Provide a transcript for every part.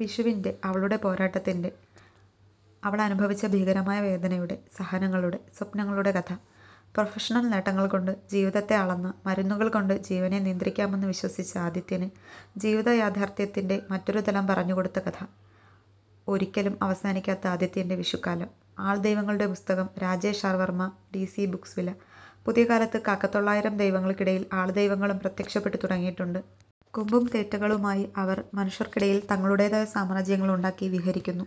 വിഷുവിന്റെ... അവളുടെ പോരാട്ടത്തിന്റെ... അവളനുഭവിച്ച ഭീകരമായ വേദനയുടെ... സഹനങ്ങളുടെ... സ്വപ്നങ്ങളുടെ കഥ. പ്രൊഫണൽ നേട്ടങ്ങൾകൊണ്ട് ജീവിതത്തെ അളന്ന, മരുന്നുകൾകൊണ്ട് ജീവനെ നിയന്ത്രിക്കാമെന്ന് വിശ്വസിച്ച ആദിത്യന് ജീവിതയാഥാർഥ്യത്തിന്റെ മറ്റൊരുതലം പറഞ്ഞുകൊടുത്ത കഥ. ഒരിക്കലും അവസാനിക്കാത്ത ആദിത്യന്റെ 'വിഷു'ക്കാലം. ആൾ ദൈവങ്ങളുടെ പുസ്തകം Rajesh R. Varma D C books വില: പുതിയ കാലത്ത് കാക്കത്തൊള്ളായിരം ദൈവങ്ങൾക്കിടയിൽ ആൾദൈവങ്ങളും പ്രത്യക്ഷപ്പെട്ടു തുടങ്ങിയിട്ടുണ്ട്. കൊമ്പും തേറ്റകളുമായി അവർ മനുഷ്യർക്കിടയിൽ തങ്ങളുടേതായ സാമ്രാജ്യങ്ങളുണ്ടാക്കി വിഹരിക്കുന്നു.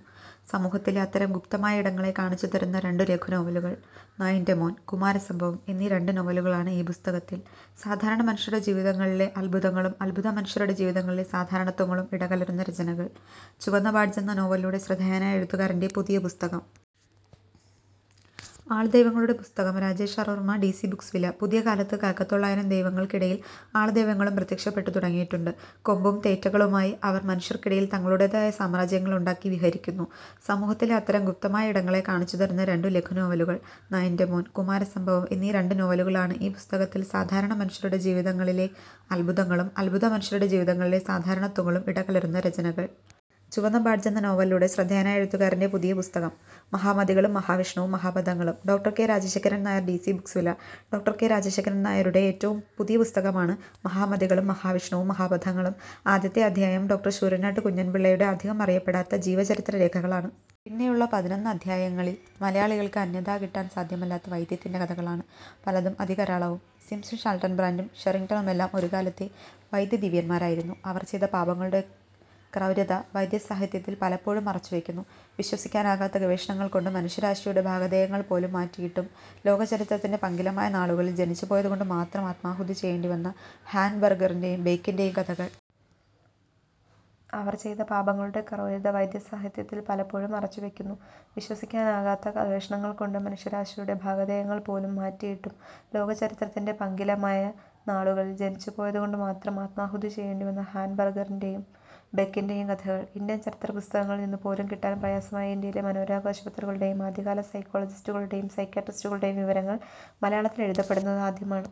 സമൂഹത്തിലെ അത്തരം ഗുപ്തമായ ഇടങ്ങളെ കാണിച്ചുതരുന്ന രണ്ടു ലഘുനോവലുകൾ. നായിന്റെ മോൻ, കുമാരസംഭവം എന്നീ രണ്ടു നോവലുകളാണ് ഈ പുസ്തകത്തിൽ സാധാരണ മനുഷ്യരുടെ ജീവിതങ്ങളിലെ അദ്ഭുതങ്ങളും അദ്ഭുതമനുഷ്യരുടെ ജീവിതങ്ങളിലെ സാധാരണത്വങ്ങളും ഇടകലരുന്ന രചനകൾ. ചുവന്ന ബാഡ്ജ് എന്ന നോവലിലൂടെ ശ്രദ്ധേയനായ എഴുത്തുകാരന്റെ പുതിയ പുസ്തകം. ആൾ ദൈവങ്ങളുടെ പുസ്തകം Rajesh R. Varma D C books വില: പുതിയ കാലത്ത് കാക്കത്തൊള്ളായിരം ദൈവങ്ങൾക്കിടയിൽ ആൾദൈവങ്ങളും പ്രത്യക്ഷപ്പെട്ടു തുടങ്ങിയിട്ടുണ്ട്. കൊമ്പും തേറ്റകളുമായി അവർ മനുഷ്യർക്കിടയിൽ തങ്ങളുടേതായ സാമ്രാജ്യങ്ങളുണ്ടാക്കി വിഹരിക്കുന്നു. സമൂഹത്തിലെ അത്തരം ഗുപ്തമായ ഇടങ്ങളെ കാണിച്ചുതരുന്ന രണ്ടു ലഘുനോവലുകൾ. നായിന്റെ മോൻ, കുമാരസംഭവം എന്നീ രണ്ടു നോവലുകളാണ് ഈ പുസ്തകത്തിൽ സാധാരണ മനുഷ്യരുടെ ജീവിതങ്ങളിലെ അദ്ഭുതങ്ങളും അദ്ഭുതമനുഷ്യരുടെ ജീവിതങ്ങളിലെ സാധാരണത്വങ്ങളും ഇടകലരുന്ന രചനകൾ. ചുവന്ന ബാഡ്ജ് എന്ന നോവലിലൂടെ ശ്രദ്ധേയനായ എഴുത്തുകാരന്റെ പുതിയ പുസ്തകം. മഹാമതികളും മഹാവിഷ്ണുവും മഹാപഥങ്ങളും ഡോ. K. Rajasekharan Nair D C books വില: ഡോ. കെ. രാജശേഖരൻ നായരുടെ ഏറ്റവും പുതിയ പുസ്തകമാണ് 'മഹാമതികളും മഹാവിഷ്ണുവും മഹാപഥങ്ങളും'. ആദ്യത്തെ അധ്യായം ഡോ. ശൂരനാട്ടു കുഞ്ഞൻപിള്ളയുടെ അധികം അറിയപ്പെടാത്ത ജീവചരിത്രരേഖകളാണ്. പിന്നെയുള്ള പതിനൊന്ന് അധ്യായങ്ങളിൽ മലയാളികൾക്ക് അന്യഥാ കിട്ടാൻ സാധ്യമല്ലാത്ത വൈദ്യത്തിന്റെ കഥകളാണ്. പലതും അതികരാളവും. സിംസും ഷാൽട്ടൻബ്രാൻഡും ഷെറിങ്ടണുമെല്ലാം ഒരുകാലത്തെ വൈദ്യദിവ്യന്മാരായിരുന്നു. അവർ ചെയ്ത പാപങ്ങളുടെ ക്രൗര്യത വൈദ്യസാഹിത്യത്തിൽ പലപ്പോഴും മറച്ചുവെക്കുന്നു. വിശ്വസിക്കാനാകാത്ത ഗവേഷണങ്ങൾകൊണ്ട് മനുഷ്യരാശിയുടെ ഭാഗധേയങ്ങൾപോലും മാറ്റിയിട്ടും ലോകചരിത്രത്തിന്റെ പങ്കിലമായ നാളുകളിൽ ജനിച്ചുപോയതുകൊണ്ടുമാത്രം ആത്മാഹുതി ചെയ്യേണ്ടിവന്ന ഹാൻസ് ബെർഗറിന്റെയും ബെക്കിന്റെയും കഥകൾ. അവർ ചെയ്ത പാപങ്ങളുടെ ക്രൗര്യത വൈദ്യസാഹിത്യത്തിൽ പലപ്പോഴും മറച്ചുവെക്കുന്നു. വിശ്വസിക്കാനാകാത്ത ഗവേഷണങ്ങൾകൊണ്ട് മനുഷ്യരാശിയുടെ ഭാഗധേയങ്ങൾപോലും മാറ്റിയിട്ടും ലോകചരിത്രത്തിന്റെ പങ്കിലമായ നാളുകളിൽ ജനിച്ചുപോയതുകൊണ്ടുമാത്രം ആത്മാഹുതി ചെയ്യേണ്ടിവന്ന ഹാൻസ് ബെർഗറിന്റെയും ബെക്കിന്റെയും കഥകൾ. ഇന്ത്യൻ ചരിത്രപുസ്തകങ്ങളിൽ നിന്നു പോലും കിട്ടാൻ പ്രയാസമായ ഇന്ത്യയിലെ മനോരോഗാശുപത്രികളുടെയും ആദ്യകാല സൈക്കോളജിസ്റ്റുകളുടെയും സൈക്യാട്രിസ്റ്റുകളുടെയും വിവരങ്ങൾ മലയാളത്തിൽ എഴുതപ്പെടുന്നത് ആദ്യമാണ്.